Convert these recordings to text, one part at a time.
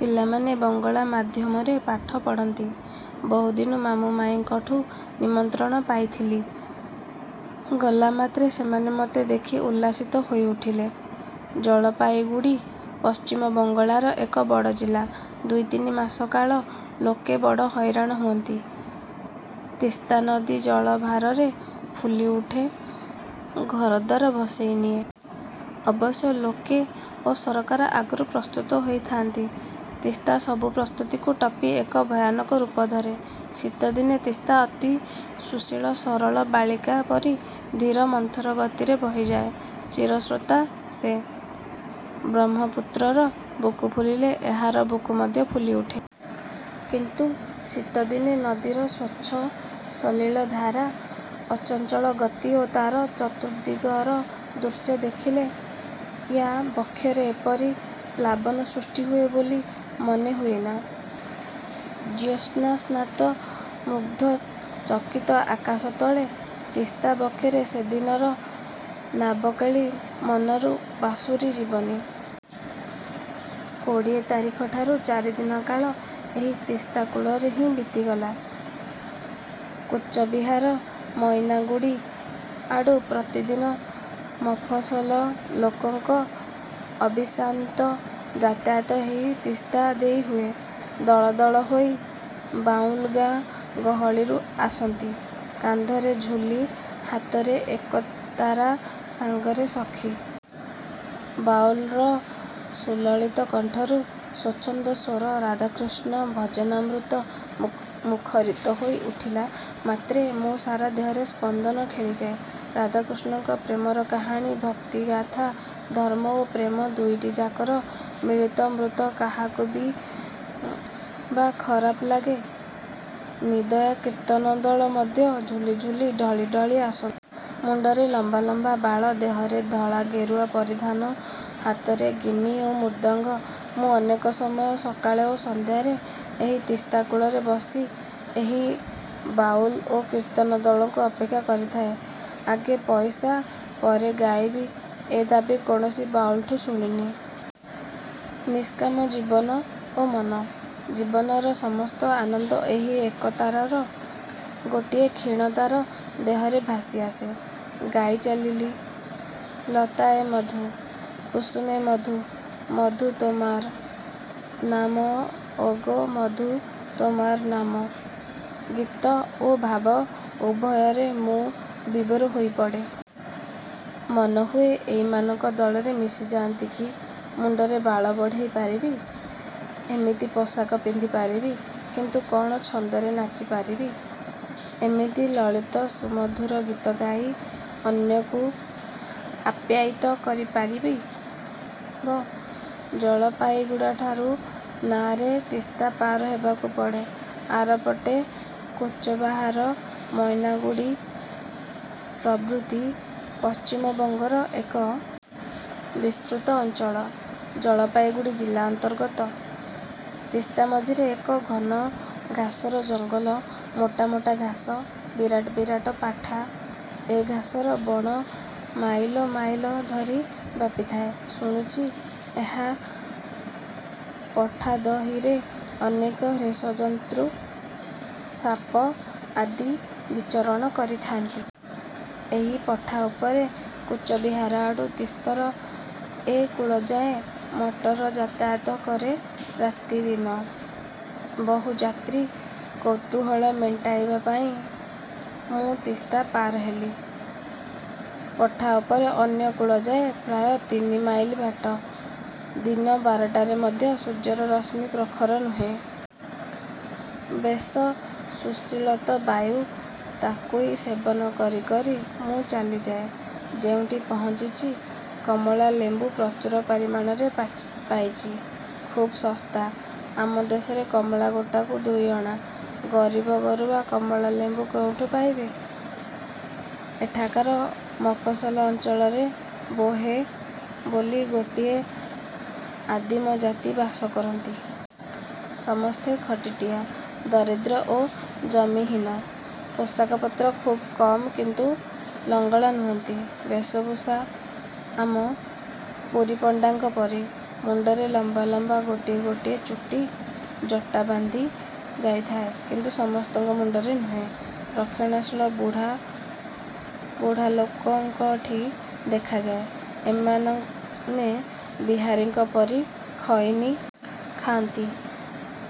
ପିଲାମାନେ ବଙ୍ଗଳା ମାଧ୍ୟମରେ ପାଠ ପଢ଼ନ୍ତି। ବହୁଦିନୁ ମାମୁଁ ମାଇଁଙ୍କଠୁ ନିମନ୍ତ୍ରଣ ପାଇଥିଲି। ଗଲାମାତ୍ରେ ସେମାନେ ମତେ ଦେଖି ଉଲ୍ଲସିତ ହୋଇ ଉଠିଲେ। ଜଳପାଇଗୁଡ଼ି ପଶ୍ଚିମବଙ୍ଗଳାର ଏକ ବଡ଼ ଜିଲ୍ଲା। ଦୁଇତିନି ମାସ କାଳ ଲୋକେ ବଡ଼ ହଇରାଣ ହୁଅନ୍ତି। ତିସ୍ତାନଦୀ ଜଳ ଭାରରେ ଫୁଲି ଉଠେ, ଘରଦ୍ୱାର ଭସେଇ ନିଏ। ଅବଶ୍ୟ ଲୋକେ ଓ ସରକାର ଆଗରୁ ପ୍ରସ୍ତୁତ ହୋଇଥାଆନ୍ତି। ତିସ୍ତା ସବୁ ପ୍ରସ୍ତୁତିକୁ ଟପି ଏକ ଭୟାନକ ରୂପ ଧରେ। ଶୀତଦିନେ ତିସ୍ତା ଅତି ସୁଶୀଳ ସରଳା ବାଳିକା ପରି ଧୀର ମନ୍ଥର ଗତିରେ ବହିଯାଏ। ଚିରସ୍ରୋତ ସେ। ବ୍ରହ୍ମପୁତ୍ରର ବୁକୁ ଫୁଲିଲେ ଏହାର ବୁକୁ ମଧ୍ୟ ଫୁଲିଉଠେ। କିନ୍ତୁ ଶୀତ ଦିନେ ନଦୀର ସ୍ୱଚ୍ଛ ସଲିଳ ଧାରା, ଅଚଞ୍ଚଳ ଗତି ଓ ତାର ଚତୁର୍ଦ୍ଦିଗର ଦୃଶ୍ୟ ଦେଖିଲେ, ୟା ବକ୍ଷରେ ଏପରି ପ୍ଳାବନ ସୃଷ୍ଟି ହୁଏ ବୋଲି ମନେହୁଏନା। ଜ୍ୟେତ୍ସ୍ନାସ୍ନାତ ମୁଗଧ ଚକିତ ଆକାଶ ତଳେ ତିସ୍ତା ବକ୍ଷରେ ସେଦିନର ନାବକେଳି ମନରୁ ପାସୋରି ଯିବନି। କୋଡ଼ିଏ ତାରିଖଠାରୁ ଚାରିଦିନ କାଳ ଏହି ତିସ୍ତା କୂଳରେ ହିଁ ବିତିଗଲା। କୁଚବିହାର, ମଇନାଗୁଡ଼ି ଆଡ଼ୁ ପ୍ରତିଦିନ ମଫସଲଲୋକଙ୍କ ଅବିଶ୍ରାନ୍ତ ଯାତାୟତ ଏହି ତିସ୍ତା ଦେଇ ହୁଏ। ଦଳ ଦଳ ହୋଇ ବାଉଲ୍ ଗାଁ ଗହଳରୁ ଆସନ୍ତି। କାନ୍ଧରେ ଝୁଲି, ହାତରେ ଏକତାରା, ସାଙ୍ଗରେ ସଖୀ। ବାଉଲ୍ର ସୁଲଳିତ କଣ୍ଠରୁ ସ୍ୱଚ୍ଛନ୍ଦ ସ୍ୱର, ରାଧାକୃଷ୍ଣ ଭଜନାମୃତ ମୁଖରିତ ହୋଇ ଉଠିଲା ମାତ୍ରେ ମୋ ସାରା ଦେହରେ ସ୍ପନ୍ଦନ ଖେଳିଯାଏ। ରାଧାକୃଷ୍ଣଙ୍କ ପ୍ରେମର କାହାଣୀ, ଭକ୍ତିଗାଥା ଧର୍ମ ଓ ପ୍ରେମ ଦୁଇଟିଯାକର ମିଳିତାମୃତ କାହାକୁ ବା ଖରାପ ଲାଗେ। ନଦିୟା କୀର୍ତ୍ତନ ଦଳ ମଧ୍ୟ ଝୁଲି ଝୁଲି ଢଳି ଢଳି ଆସନ୍ତି। ମୁଣ୍ଡରେ ଲମ୍ବା ଲମ୍ବା ବାଳ–ଦେହରେ ଧଳା ଗେରୁଆ ପରିଧାନ, ହାତରେ ଗିନି ଓ ମୁର୍ଦ୍ଦଙ୍ଗ। ମୁଁ ଅନେକ ସମୟ ସକାଳେ ଓ ସନ୍ଧ୍ୟାରେ ଏହି ତିସ୍ତା କୂଳରେ ବସି ଏହି ବାଉଲ୍ ଓ କୀର୍ତ୍ତନ ଦଳକୁ ଅପେକ୍ଷା କରିଥାଏ। ଆଗେ ପଇସା, ପରେ ଗାଇବି ଏ ଦାବୀ କୌଣସି ବାଉଲ୍ ଠୁ ଶୁଣିନି। ନିଷ୍କାମ ଜୀବନ ଓ ମନ। ଜୀବନର ସମସ୍ତ ଆନନ୍ଦ ଏହି ଏକତାରାର ଗୋଟିଏ କ୍ଷୀଣ ତାର ଦେହରେ ଭାସି ଆସେ-। ଗାଇ ଚାଲିଚି– ''ଲତାୟେ ମଧୁ, କୁସୁମେ ମଧୁ ମଧୁ ତୋମାର ନାମ ଓଗୋ ମଧୁ ତୋମାର ନାମ। '' ଗୀତ ଓ ଭାବ ଉଭୟରେ ମୁଁ ବିଭୋର ହୋଇପଡ଼େ। ମନହୁଏ ଏଇମାନଙ୍କ ଦଳରେ ମିଶିଯାଆନ୍ତି କି! ମୁଣ୍ଡରେ ବାଳ ବଢ଼େଇ ପାରିବି–ଏମିତି ପୋଷାକ ପିନ୍ଧ ପାରିବି–କିନ୍ତୁ କ'ଣ ଛନ୍ଦରେ ନାଚି ପାରିବି? ଏମିତି ଲଳିତ ସୁମଧୁର ଗୀତ ଗାଇ ଅନ୍ୟକୁ ଆପ୍ୟାୟିତ କରି ପାରିବ? ଜଳପାଇଗୁଡ଼ିଠାରୁ ନାଆରେ ତିସ୍ତା ପାର ହେବାକୁ ପଡ଼େ। ଆରପଟେ କୁଚବାହାର, ମଇନାଗୁଡ଼ି ପ୍ରଭୃତି ପଶ୍ଚିମବଙ୍ଗର ଏକ। ବିସ୍ତୃତ ଅଞ୍ଚଳ–ଜଳପାଇଗୁଡ଼ି ଜିଲା ଅନ୍ତର୍ଗତ। ତିସ୍ତା ମଝିରେ ଏକ ଘନ ଘାସର ଜଙ୍ଗଲ। ମୋଟା ମୋଟା ଘାସ। ବିରାଟ ବିରାଟ ପଠା। ଏ ଘାସର ବଣ ମାଇଲ ମାଇଲ ଧରି ବ୍ୟାପିଥାଏ। ଶୁଣିଚି, ଏହି ପଠା ଦହିରେ ଅନେକ ହିଂସ୍ର ଜନ୍ତୁ, ସାପ ଆଦି ବିଚରଣ କରି-ଥାଆନ୍ତି। ଏହି ପଠା ଉପରେ କୁଚବିହାର ଆଡ଼ୁ ତିସ୍ତାର ଏ କୂଳଯାଏଁ ମଟର ଯାତାୟାତ କରେ ଦିନରାତି। ବହୁ ଯାତ୍ରୀ। କୌତୁହଳ ମେଣ୍ଟାଇବାପାଇଁ ମୁଁ ତିସ୍ତା ପାର ହେଲି। ପଠା ଉପରେ ଅନ୍ୟ କୂଳଯାଏ ପ୍ରାୟ ତିନି ମାଇଲ ବାଟ। ଦିନ ବାରଟାରେ ମଧ୍ୟ ସୂର୍ଯ୍ୟର ରଶ୍ମି ପ୍ରଖର ନୁହେଁ। ବେଶ ସୁଶୀତଳ ବାୟୁ ତାକୁଇ ସେବନ କରି କରି ମୁଁ ଚାଲିଯାଏ। ଯେଉଁଠି ପହଞ୍ଚିଚି–କମଳା ଲେମ୍ବୁ ପ୍ରଚୁର ପରିମାଣରେ ପାଇଚି। ଖୁବ୍ ଶସ୍ତା। ଆମ ଦେଶରେ କମଳା ଗୋଟାକୁ ଦୁଇଅଣା। ଗରିବ ଗରୁବା କମଳା ଲେମ୍ବୁ କେଉଁଠୁ ପାଇବେ? 'ଏଠାକାର ମଫସଲ ଅଞ୍ଚଳରେ 'ବୋହେ'' ବୋଲି ଗୋଟିଏ ଆଦିମ ଜାତି ବାସ କରନ୍ତି-। ସମସ୍ତେ ଖଟିଟିଆ, ଦରିଦ୍ର ଓ ଜମିହୀନ। ପୋଷାକପତ୍ର ଖୁବ୍ କମ୍ କିନ୍ତୁ ଲଙ୍ଗଳା ନୁହନ୍ତି-। ବେଷଭୂଷା ଆମ, ପୁରୀପଣ୍ଡାଙ୍କ ପରି। ମୁଣ୍ଡରେ ଲମ୍ବାଲମ୍ବା ଗୋଟାଏ ଗୋଟାଏ ଚୁଟି। ଜଟା ବାନ୍ଧି ଯାଇଥାଏ; କିନ୍ତୁ ସମସ୍ତଙ୍କ ମୁଣ୍ଡରେ ନୁହେଁ। ରକ୍ଷଣଶୀଳ ବୁଢ଼ା, ବୁଢ଼ା ଲୋକଙ୍କଠି ଦେଖାଯାଏ-। ଏମାନେ ବିହାରୀଙ୍କ ପରି ଖଇନି। ଖାଆନ୍ତି।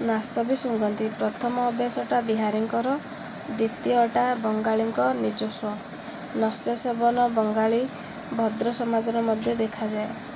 ନାଶ ବି ଶୁଙ୍ଘନ୍ତି। ପ୍ରଥମ ଅଭ୍ୟାସଟା ବିହାରୀଙ୍କର–ଦ୍ୱିତୀୟଟା ବଙ୍ଗଳୀଙ୍କ ନିଜସ୍ୱ। ନସ୍ୟସେବନ ବଙ୍ଗାଳୀ ଭଦ୍ର ସମାଜରେ ମଧ୍ୟ ଦେଖାଯାଏ।